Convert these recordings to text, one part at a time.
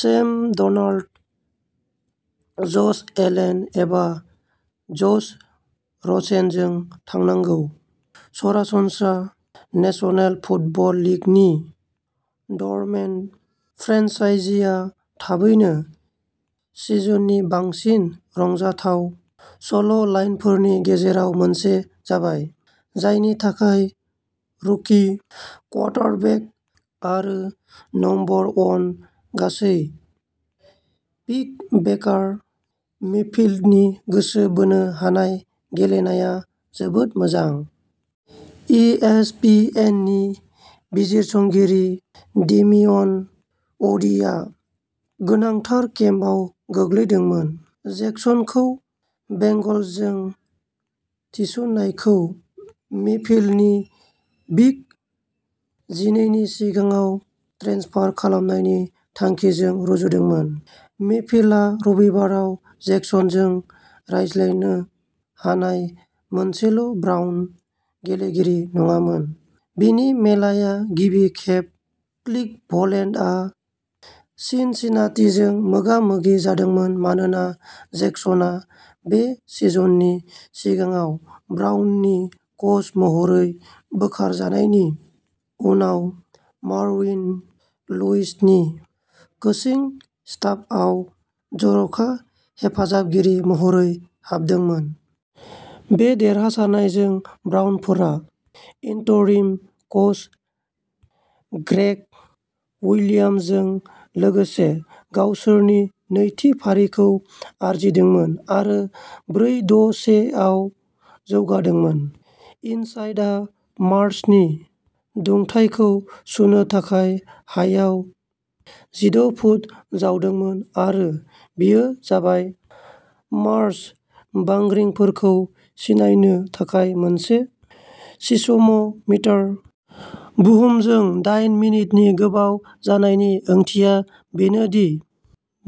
Same Darnold, Josh Allen एबा Josh रसेनजों थांनांगौ। सरासनस्रा नेशनेल फुटबल लीगनि ड'रमेट फ्रेन्चाइजीआ थाबैनो सिजननि बांसिन रंजाथाव सल'लाइनफोरनि गेजेराव मोनसे जाबाय, जायनि थाखाय रुकि क्वार्टरबेक आरो नम्बर वन गासै पिक बेकार मेफील्डनि गोसो बोनो हानाय गेलेनाया जोबोद मोजां। इएसपीएननि बिजिरसंगिरि डेमियन वुडीआ गोनांथार केम्पआव गोग्लैदोंमोन, जेक्सनखौ बेंगल्सजों थिसननायखौ मेफील्डनि बिग जिनैनि सिङाव ट्रेन्सफार खालामनायनि थांखिजों रुजुदोंमोन। मेफील्डआ रबिबाराव जेक्सनजों रायज्लायनो हानाय मोनसेल'ब्राउन गेलेगिरि नङामोन। बे मेलाया गिबि खेब क्लिभलेन्डआ सिनसिनाटीजों मोगा-मोगि जादोंमोन, मानोना जेक्सनआ बे सिजननि सिगाङाव ब्राउननि कच महरै बोखारजानायनि उनाव मार्विन लुइसनि कोचिं स्टाफआव जर'खा हेफाजाबगिरि महरै हाबदोंमोन। बे देरहासारनायजों, ब्राउनफोरा इन्टरिम कच ग्रेग विलियम्सजों लोगोसे गावसोरनि नैथि फारिखौ आरजिदोंमोन आरो ब्रै-द-से आव जौगादोंमोन। इनसाइटआ मार्सनि दुंथायखौ सुनो थाखाय हायाव जिद' फुट जावगोन आरो बेयो जाबाय। मार्स बांग्रिफोरखौ सिनायनो थाखाय मोनसे सिसम'मिटार। बुहुमजों दाइन मिनिटनि गोबाव जानायनि ओंथिया बेनो दि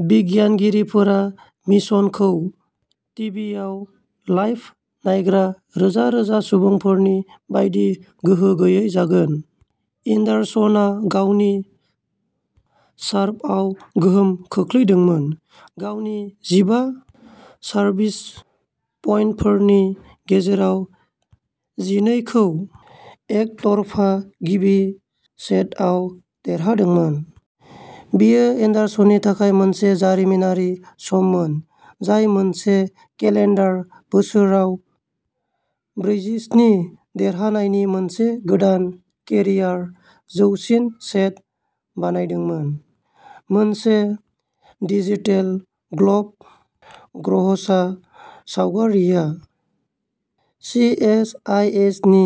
बिगियानगिरिफोरा मिशनखौ टिभियाव लाइभ नायग्रा रोजा रोजा सुबुंफोरनि बायदि गोहो गैयै जागोन। एन्डारसनआ गावनि सार्भआव गोहोम खोख्लैदोंमोन, गावनि जिबा सार्भिस पइन्टफोरनि गेजेराव जिनैखौ एकतरफा गिबि सेटआव देरहादोंमोन। बेयो एन्डारसननि थाखाय मोनसे जारिमिनारि सममोन, जाय मोनसे केलेन्डार बोसोराव ब्रैजिस्नि देरहानायनि मोनसे गोदान केरियार जौसिन सेट बानायदोंमोन। मोनसे डिजिटेल ग्ल'ब ग्रहसा सावगारिआ सिएसआइएसनि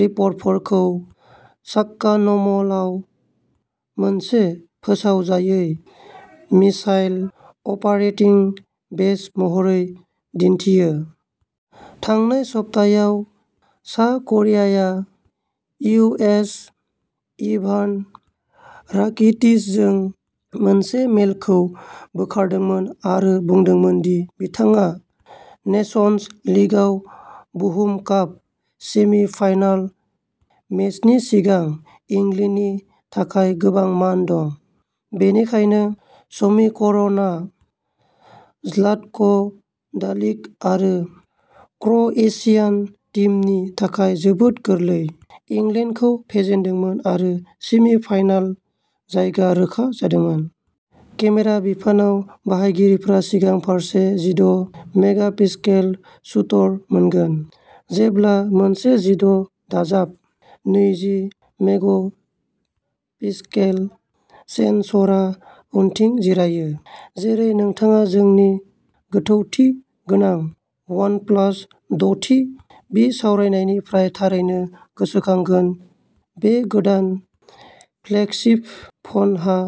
रिपर्टफोरखौ साक्कानम'लआव मोनसे फोसावजायै मिसाइल अपारेटिं बेस महरै दिन्थियो। थांनाय सप्तायाव, सा करियाया इउ. एस. इभान राकिटिचजों मोनसे मेलखौ बोखारदोंमोन आरो बुंदोंमोन दि बिथाङा नेशन्स लीगाव बुहुम काप सेमि-फाइनाल मेचनि सिगां इंलेन्डनि थाखाय गोबां मान दं। बेनिखायनो समीकरणआ ज्लाटक'डालिक आरो क्र'एशियान टीमनि थाखाय जोबोद गोरलै, इंलेन्डखौ फेजेनदोंमोन आरो सेमि-फाइनाल जायगा रोखा जादोंमोन। केमेरा बिफानाव, बाहायगिरिफोरा सिगां फारसे जिद' मेगापिक्सेल शूटर मोनगोन। जेब्ला मोनसे जिद दाजाब नैजि मेग'पिक्सेल सेनसरा उनथिं जिरायो। जेरै नोंथाङा जोंनि गोथौथि गोनां वनप्लास दथि बिसावरायनायनिफ्राय थारैनो गोसोखांगोन, बे गोदान फ्लेगशिप फनहा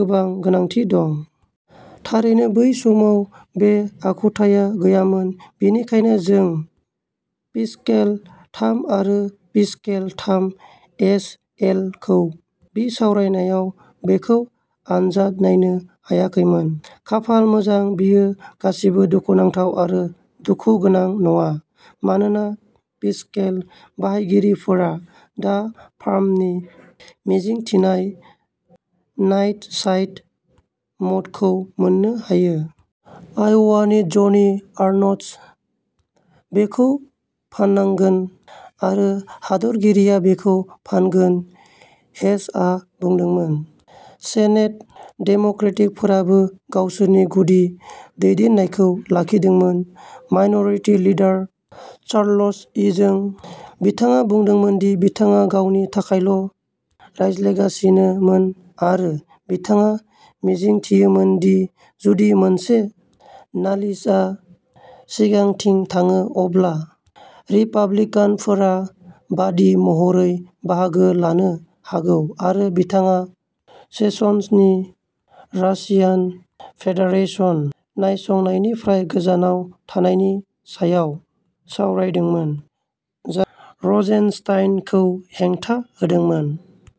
गोबां गोनांथि दं। थारैनो बै समाव, बे आखुथाया गैयामोन बेनिखायनो जों पिक्सेल थाम आरो पिक्सेल थाम एस एलखौ बिसावरायनायाव बेखौ आनजाद नायनो हायाखैमोन। खाफाल मोजां, बेयो गासिबो दुखुनांथाव आरो दुखुगोनां नङा, मानोना पिक्सेल बाहायगिरिफोरा दा फार्मनि मिजिंथिनाय नाइट साइट म'डखौ मोननो हायो। आय'वानि ज'नि आर्नस्ट। बेखौ फाननांगोन, आरो हादोरगिरिया बेखौ फानगोन, हेचआ बुंदोंमोन। सेनेट डेम'क्रेटफोराबो गावसोरनि गुदि दैदेननायखौ लाखिदोंमोन, माइन'रिटि लिडार चार्ल्स इजों। बिथाङा बुंदोंमोन दि बिथाङा गावनि थाखायल' रायज्लायगासिनोमोन आरो बिथाङा मिजिंथियोमोन दि जुदि मोनसे नालिसआ सिगांथिं थाङो अब्ला रिपाब्लिकानफोरा बादी महरै बाहागो लानो हागौ आरो बिथाङा सेसन्सनि रासियान फेडारेशन नायसंनायनिफ्राय गोजानाव थानायनि सायाव सावरायदोंमोन, जाय र'जेनस्टाइनखौ हेंथा होदोंमोन।